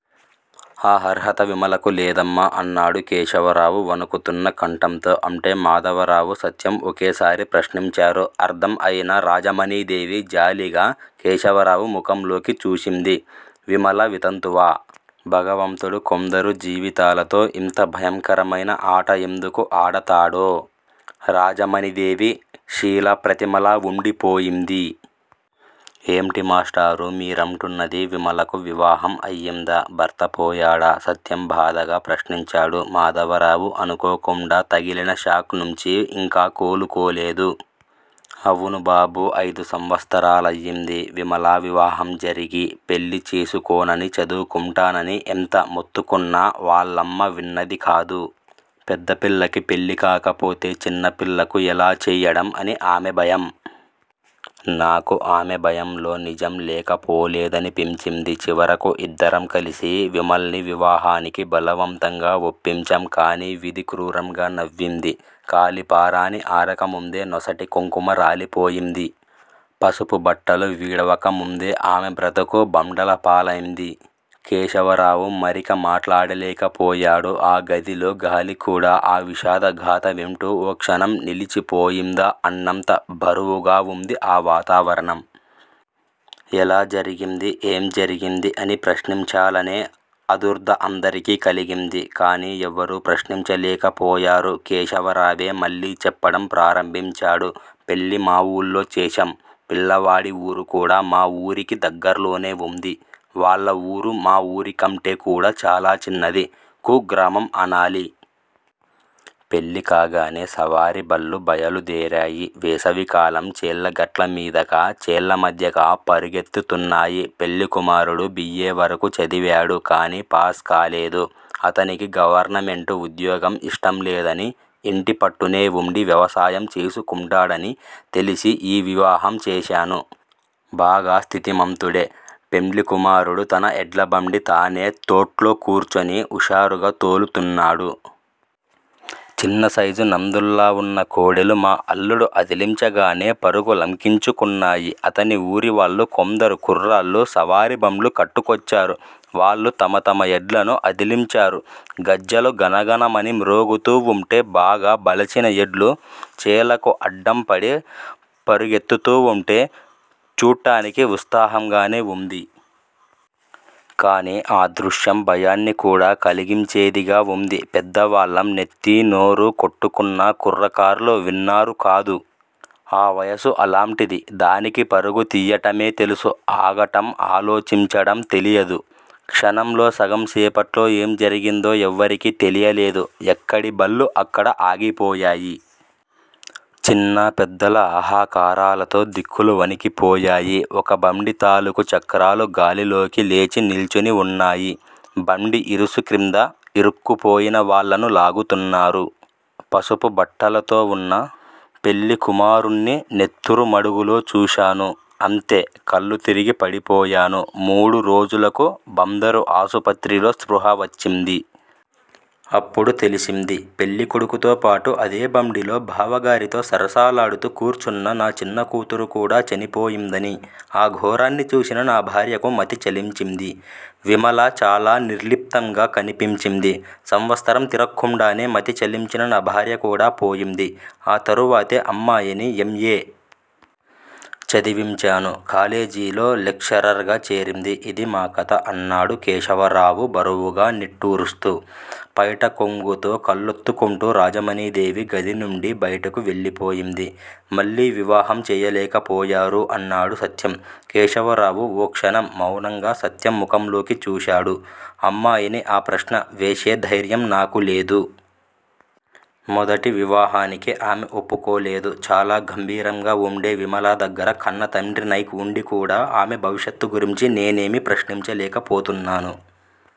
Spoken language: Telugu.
ఆ హర్ర్హత విమలకు లేదమ్మా! అన్నాడు కేశవరావు వణుకుతున్న కంఠంతో. అంటే? మాధవరావు, సత్యం ఒకేసారి ప్రశ్నించారు. అర్ధం అయిన రాజమణీదేవి జాలిగా కేశవరావు ముఖంలోకి చూసింది. 'విమల వితంతువా? భగవంతుడు కొందరు జీవితాలతో ఇంత భయంకరమైన ఆట ఎందుకు ఆడతాడో? ' రాజమణీదేవి షీలాప్రతిమలా ఉండిపోయింది. ఏమిటి మాష్టారూ మీరంటున్నది? విమలకు వివాహం అయిందా? భర్తపోయాడా? సత్యం బాధగా ప్రశ్నించాడు. మాధవరావు అనుకోకుండా తగిలిన షాక్ నుంచి ఇంకా కోలుకోలేదు. అవును బాబూ! ఐదు సంవత్సరాలయింది విమల వివాహం జరిగి! పెళ్ళి చేసుకోననీ, చదువుకుంటాననీ ఎంత మొత్తుకున్నా, వాళ్ళమ్మ విన్నదికాదు. పెద్దపిల్లకి పెళ్ళికాకపోతే చిన్నపిల్లకు ఎలా చెయ్యడం అని ఆమె భయం. నాకు ఆమె భయంలో నిజం లేకపోలేదని పించింది. చివరకు ఇద్దరం కలిసి విమల్ని వివాహానికి బలవంతంగా ఒప్పించాం. కాని విధి క్రూరంగా నవ్వింది. కాళి పారాణి అరకముందే నొసటి కుంకుమ రాలిపోయింది. పసుపుబట్టలు విడవకముందే ఆమె బ్రతుకు బండలపాలైంది! కేశవరావు మరిక మాట్లాడలేకపోయాడు. ఆ గదిలో గాలికూడా ఆ విషాద గాథ వింటూ ఓ క్షణం నిలిచిపోయిందా అన్నంత బరువుగావుంది ఆ వాతావరణం! ఎలా జరిగిందీ? ఏం జరిగిందీ? అని ప్రశ్నించాలనే ఆదుర్దా అందరికీ కలిగింది. కాని ఎవరూ ప్రశ్నించలేకపోయారు. కేశవరావే మళ్ళీ చెప్పడం ప్రారంభించాడు పెళ్ళి మా ఊళ్లో చేశాం. పిల్లవాడి ఊరుకూడా మా ఊరికి దగ్గర్లోనే ఉంది. వాళ్ళ ఊరు మా ఊరికంటెకూడా చాలా చిన్నది. కుగ్రామం అనాలి. పెళ్ళికాగానే సవారిబళ్ళు బయలుదేరాయి. వేసవికాలం. చేల గట్లమీదగా, చేలమధ్యగా పరుగెత్తుతున్నాయి. పెళ్ళికుమారుడు. బి. ఏ. వరకు చదివాడు, కాని పాస్ కాలేదు. అతనికి గవర్నమెంటు ఉద్యోగం ఇష్టంలేదనీ, ఇంటిపట్టునే ఉండి వ్యవసాయం చేసుకుంటాడనీ తెలిసి ఈ వివాహం చేశాను. బాగా స్థితిమంతుడే! పెండ్లికుమారుడు తన ఎడ్లబండి తనే తొట్లో కూర్చుని హుషారుగా తోలుతున్నాడు. చిన్నసైజు నందుల్లా ఉన్న కోడెలు మా అల్లుడు అదిలించగానే పరుగు లంకించుకున్నాయి. అతని ఊరివాళ్ళు కొందరు కుర్రాళ్ళు సవారిబండ్లు కట్టుకొచ్చారు. వాళ్ళు తమ తమ ఎడ్లను అదిలించారు. గజ్జలు గణగణమని మ్రోగుతూ వుంటే, బాగా బలిసిన ఎడ్లు చేలకు అడ్డంపడి పరుగెత్తుతూవుంటే చుట్టానికి ఉత్సాహంగానే ఉంది. కాని ఆ దృశ్యం భయాన్ని కూడా కలిగించేదిగా ఉంది. పెద్దవాళ్ళం నెత్తీ, నోరు కొట్టుకున్నా కుర్రకార్లు విన్నారుకాదు. ఆ వయస్సు అలాంటిది. దానికి పరుగు తీయటమే తెలుసు. ఆగటం, ఆలోచించడం తెలియదు. క్షణంలో సగం సేపట్లో ఏం జరిగిందో ఎవరికీ తెలియలేదు. ఎక్కడిబళ్ళు అక్కడ ఆగిపోయాయి. చిన్నా పెద్దల హాహాకారాలతో దిక్కులు వణికిపోయాయి. ఒక బండి తాలూకు చక్రాలు గాలిలోకి లేచి నిల్చొని ఉన్నాయి. బండి ఇరుసుక్రింద ఇరుక్కుపోయినవాళ్ళను లాగుతున్నారు. పసుపు బట్టలతోవున్న పెళ్ళికుమారుణ్ణి నెత్తురు మడుగులో చూశాను. అంతే. కళ్ళు తిరిగి పడిపోయాను. మూడు రోజులకు బందరు ఆసుపత్రిలో స్పృహ వచ్చింది. అప్పుడు తెలిసింది, పెళ్ళికొడుకుతోపాటు అదేబండిలో బావగారితో సరసాలాడుతూ కూర్చున్న నా చిన్నకూతురుకూడా చనిపోయిందని! ఆ ఘోరాన్ని చూసిన నా భార్యకు మతి చలించింది. విమల చాలా నిర్లిప్తంగా కనిపించింది. సంవత్సరం తిరక్కుండానే మతి చలించిన నా భార్యకూడా పోయింది. ఆ తరువాతే అమ్మాయిని ఎం. ఏ. చదివించాను. కాలేజిలో లెక్చరర్ గా చేరింది. ఇదీ మా కథ! అన్నాడు కేశవరావు బరువుగా నిట్టూరుస్తూ. పైట కొంగుతో కళ్ళొత్తుకుంటూ రాజమణీదేవి గదినుండి బయటకు వెళ్ళిపోయింది. మళ్ళీ వివాహం చేయలేక పోయారూ? అన్నాడు సత్యం. కేశవరావు ఓ క్షణం మౌనంగా సత్యం ముఖంలోకి చూశాడు. అమ్మాయిని ఆ ప్రశ్న వేసే ధైర్యం నాకు లేదు. మొదటి వివాహానికే ఆమె ఒప్పుకోలేదు. చాలా గంభీరంగా ఉండే విమల దగ్గర కన్నతండ్రినై ఉండికూడా ఆమె భవిష్యత్తుగురించి నేనేమీ ప్రశ్నించలేకపోతున్నాను